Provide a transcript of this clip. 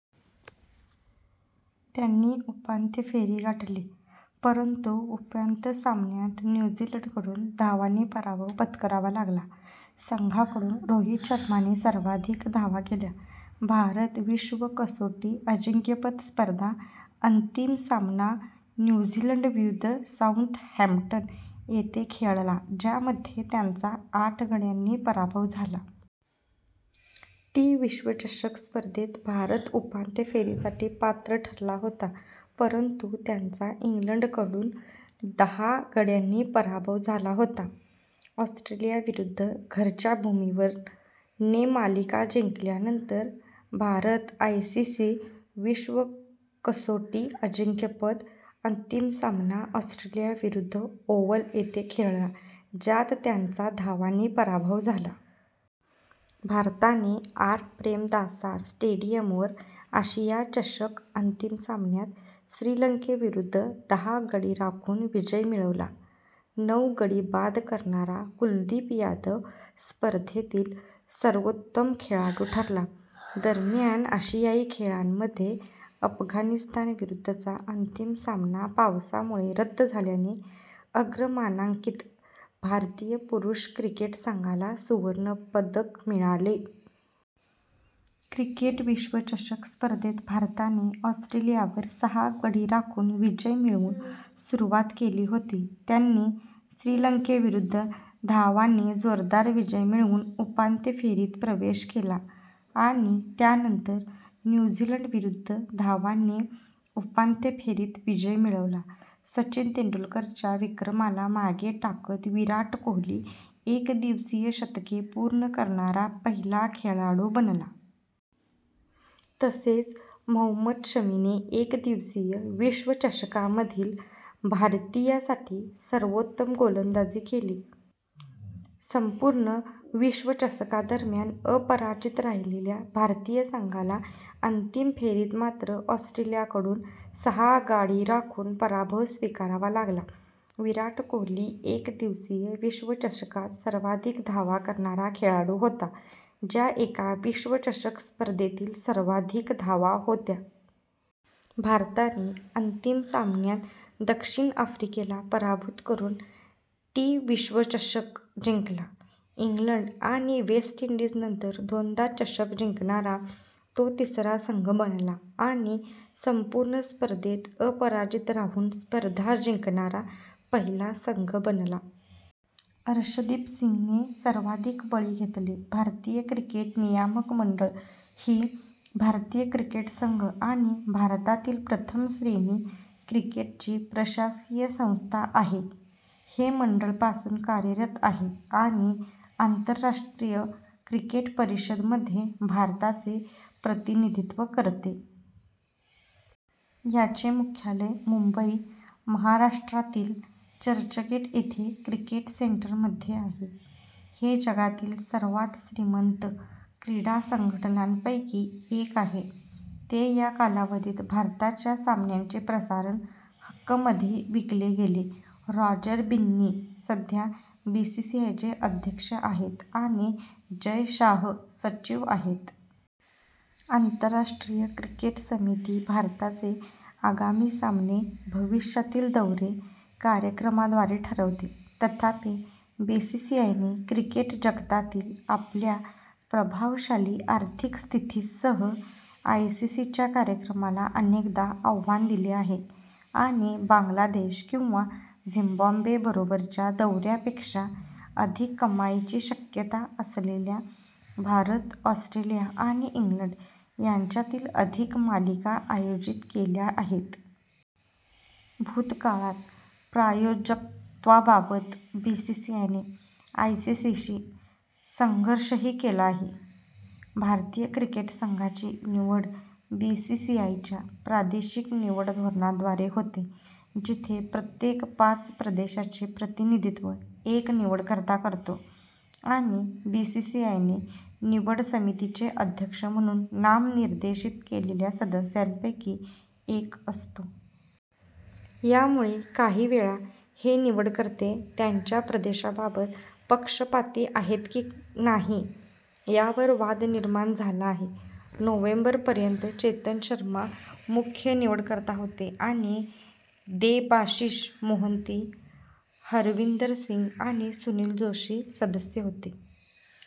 त्यांनी उपांत्य फेरी गाठली परंतु उपांत्य सामन्यांत न्यू झीलंडकडून धावांनी पराभव पत्करावा लागला. संघाकडून रोहित शर्मा ने सर्वाधिक धावा केल्या. भारत - विश्व कसोटी अजिंक्यपद स्पर्धा अंतिम सामना न्यू झीलंड विरुद्ध साउथहॅम्प्टन येथे खेळला ज्यामध्ये त्यांचा आठ गड्यांनी पराभव झाला. टी विश्वचषक स्पर्धेत भारत उपांत्य फेरीसाठी पात्र ठरला होता, परंतु त्यांचा इंग्लंडकडून दहा गाड्यांनी पराभव झाला होता. ऑस्ट्रेलियाविरुद्ध घरच्या भूमीवर - ने मालिका जिंकल्यानंतर, भारत आयसीसी विश्व कसोटी अजिंक्यपद अंतिम सामना ऑस्ट्रेलिया विरुद्ध ओव्हल येथे खेळला ज्यात त्यांचा धावांनी पराभव झाला. भारताने आर. प्रेमदासा स्टेडियमवर आशिया चषक अंतिम सामन्यात श्रीलंकेविरुद्ध दहा गडी राखून विजय मिळवला. नऊ गडी बाद करणारा कुलदीप यादव स्पर्धेतील सर्वोत्तम खेळाडू ठरला. दरम्यान, आशियाई खेळांमध्ये अफगाणिस्तानविरुद्धचा अंतिम सामना पावसामुळे रद्द झाल्याने अग्रमानांकित भारतीय पुरुष क्रिकेट संघाला सुवर्णपदक मिळाले.। क्रिकेट विश्वचषक स्पर्धेत भारताने ऑस्ट्रेलियावर सहा गडी राखून विजय मिळवून सुरुवात केली होती. त्यांनी श्रीलंकेविरुद्ध धावांनी जोरदार विजय मिळवून उपांत्य फेरीत प्रवेश केला आणि त्यानंतर न्यू झीलंडविरुद्ध धावांनी उपांत्य फेरीत विजय मिळवला. सचिन तेंडुलकर च्या विक्रमाला मागे टाकत विराट कोहली एकदिवसीय शतके पूर्ण करणारा पहिला खेळाडू बनला. तसेच, मोहम्मद शमीने एकदिवसीय विश्वचषकामधील, भारतीयासाठी सर्वोत्तम गोलंदाजी केली. संपूर्ण विश्वचषकादरम्यान अपराजित राहिलेल्या भारतीय संघाला अंतिम फेरीत मात्र ऑस्ट्रेलियाकडून सहा गाडी राखून पराभव स्वीकारावा लागला. विराट कोहली एकदिवसीय विश्वचषकात सर्वाधिक धावा करणारा खेळाडू होता, ज्या एका विश्वचषक स्पर्धेतील सर्वाधिक धावा होत्या. भारताने अंतिम सामन्यात दक्षिण आफ्रिके ला पराभूत करून टी विश्वचषक जिंकला. इंग्लंड आणि वेस्ट इंडीज नंतर दोनदा चषक जिंकणारा तो तिसरा संघ बनला आणि संपूर्ण स्पर्धेत अपराजित राहून स्पर्धा जिंकणारा पहिला संघ बनला. अर्शदीप सिंग ने सर्वाधिक बळी घेतले. भारतीय क्रिकेट नियामक मंडळ ही भारतीय क्रिकेट संघ आणि भारतातील प्रथम श्रेणी क्रिकेटची प्रशासकीय संस्था आहे. हे मंडळ पासून कार्यरत आहे आणि आंतरराष्ट्रीय क्रिकेट परिषद मध्ये भारताचे प्रतिनिधित्व करते. याचे मुख्यालय मुंबई, महाराष्ट्रा तील चर्चगेट येथे 'क्रिकेट सेंटर' मध्ये आहे. हे जगातील सर्वात श्रीमंत क्रीडा संघटनांपैकी एक आहे, ते या कालावधीत भारताच्या सामन्यांचे प्रसारण हक्क मध्ये विकले गेले. रॉजर बिन्नी सध्या बीसीसीआयचे अध्यक्ष आहेत आणि जय शाह सचिव आहेत. आंतरराष्ट्रीय क्रिकेट समिती भारताचे आगामी सामने भविष्यातील दौरे कार्यक्रमाद्वारे ठरवते. तथापि, बीसीसीआयने, क्रिकेट जगतातील आपल्या प्रभावशाली आर्थिक स्थिती सह, आयसीसीच्या कार्यक्रमाला अनेकदा आव्हान दिले आहे आणि बांगलादेश किंवा झिम्बाब्वे बरोबरच्या दौऱ्या पेक्षा अधिक कमाईची शक्यता असलेल्या भारत, ऑस्ट्रेलिया आणि इंग्लंड यांच्यातील अधिक मालिका आयोजित केल्या आहेत. भूतकाळात, प्रायोजकत्वाबाबत बीसीसीआयने आयसीसीशी संघर्षही केला आहे. भारतीय क्रिकेट संघाची निवड बीसीसीआयच्या प्रादेशिक निवड धोरणाद्वारे होते, जिथे प्रत्येक पाच प्रदेशाचे प्रतिनिधित्व एक निवडकर्ता करतो आणि बीसीसीआयने निवड समितीचे अध्यक्ष म्हणून नामनिर्देशित केलेल्या सदस्यांपैकी एक असतो. यामुळे काहीवेळा हे निवडकर्ते त्यांच्या प्रदेशाबाबत पक्षपाती आहेत की नाही यावर वाद निर्माण झाला आहे. नोव्हेंबर पर्यंत, चेतन शर्मा मुख्य निवडकर्ता होते आणि देबाशिष मोहंती, हरविंदरसिंग आणि सुनील जोशी सदस्य होते.